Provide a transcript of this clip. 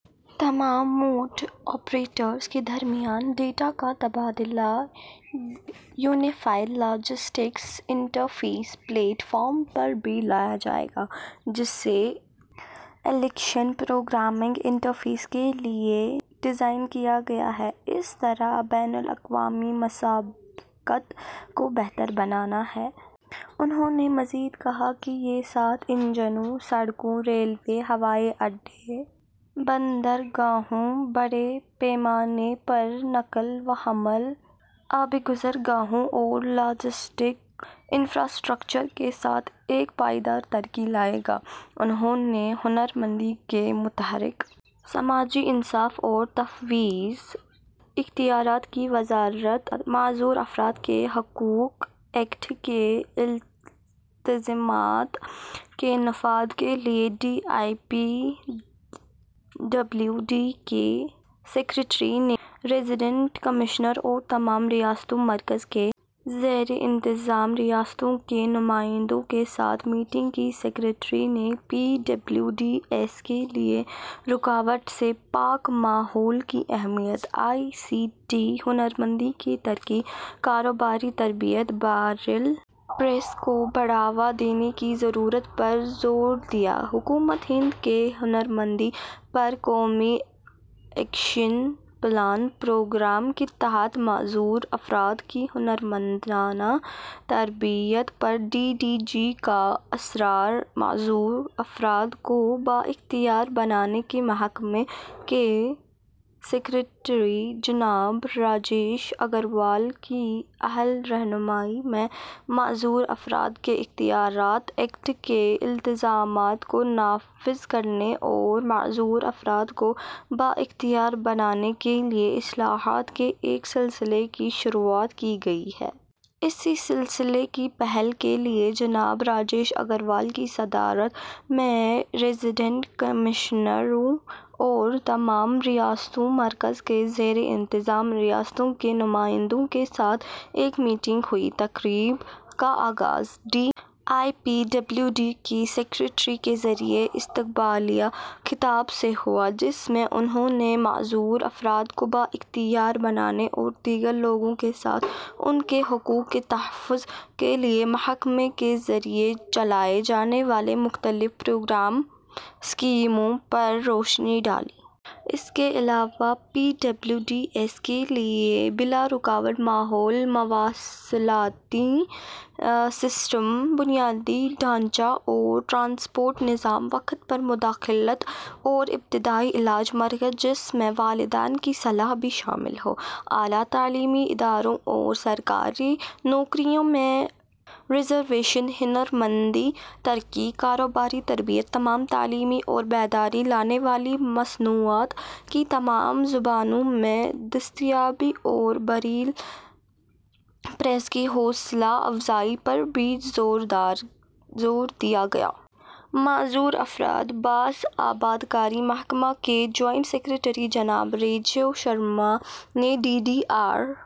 تمام mode operators کے درمیان ڈیٹا کا تبادلہ unified logistics interface platform پر بھی لایا جائے گا، جسے اپلیکیشن پروگرامنگ انٹرفیس کے لیے ڈیزائن کیا گیا ہے۔ اس طرح بین الاقوامی مسابقت کو بہتر بنانا ہے۔ انہوں نے مزید کہا کہ یہ سات انجنوں سڑکوں، ریلوے، ہوائی اڈے، بندرگاہوں، بڑے پیمانے پر نقل و حمل، آبی گزرگاہوں اور لاجسٹکس انفراسٹرکچر کے ساتھ ایک پائیدار ترقی لائے گا۔ انہوں نے ہنر مندی کے متحرک. سماجی انصاف اور تفویض اختیارات کی وزارت ''معذور افراد کے حقوق ایکٹ ''کے التزامات کے نفاذ کے لئے D E P W D کے سیکریٹری نے ریزینڈنٹ کمشنر اور تمام ریاستوں ؍مرکز کے زیر انتظام ریاستوں کے نمائندوں کے ساتھ میٹنگ کی سیکریٹری نے پی ڈبلیو ڈی ایس کے لئے رُکاوٹ سے پاک ماحول کی اہمیت، آئی سی ٹی ہنرمندی کی ترقی ؍کاروباری تربیت ، بریل پریس کو بڑھاوا دینے کی ضرورت پر زور دیا حکومت ہند کے ''ہنرمندی پر قومی ایکشن پلان''پروگرام کے تحت معذور افراد کی ہنرمندانہ تربیت پر ڈی ڈی جی کا اصرار معذور افراد کو بااختیار بنانے کے محکمے کے سیکریٹری جناب راجیش اگروال کی اہل رہنمائی میں ''معذور افراد کےاختیارات ایکٹ ''کے التزامات کو نافذ کرنے اور معذور افراد کو بااختیار بنانے کے لئےاصلاحات کے ایک سلسلے کی شروعا ت کی گئی ہے۔ اسی سلسلے کی پہل کے لئے جناب راجیش اگروال کی صدارت میں ریزیڈنٹ کمشنروں اور تمام ریاستوں؍ مرکز کے زیر انتظام ریاستوں کے نمائندوں کے ساتھ ایک میٹنگ ہوئی۔ تقریب کا آغاز D E P W D کے سیکریٹری کے ذریعے استقبالیہ خطاب سے ہوا، جس میں انہوں نے معذور افراد کو بااختیار بنانے اور دیگر لوگوں کے ساتھ ان کے حقوق کے تحفظ کے لئے محکمے کے ذریعے چلائے جانے والے مختلف پروگرام ؍اسکیموں پر روشنی ڈالی۔ اس کے علاوہ پی ڈبلیو ڈی ایس کے لئے بلارُکاوٹ ماحول ، مواصلاتی سسٹم، بنیادی ڈھانچہ اور ٹرانسپورٹ نظام، وقت پر مداخلت اور ابتدائی علاج مرکز ، جس میں والدین کی صلاح بھی شامل ہو، اعلیٰ تعلیمی اداروں اور سرکاری نوکریوں میں ریزرویشن، ہنرمندی ترقی؍کاروباری تربیت ، تمام تعلیمی اور بیداری لانے والی مصنوعات کی تمام زبانوں میں دستیابی اور بریل پریس کی حوصلہ افزائی پر بھی زو ردیا گیا۔ معذور افراد باز آبادکاری محکمہ کے جوائنٹ سیکریٹری جناب راجیو شرما نے ڈی ڈی آر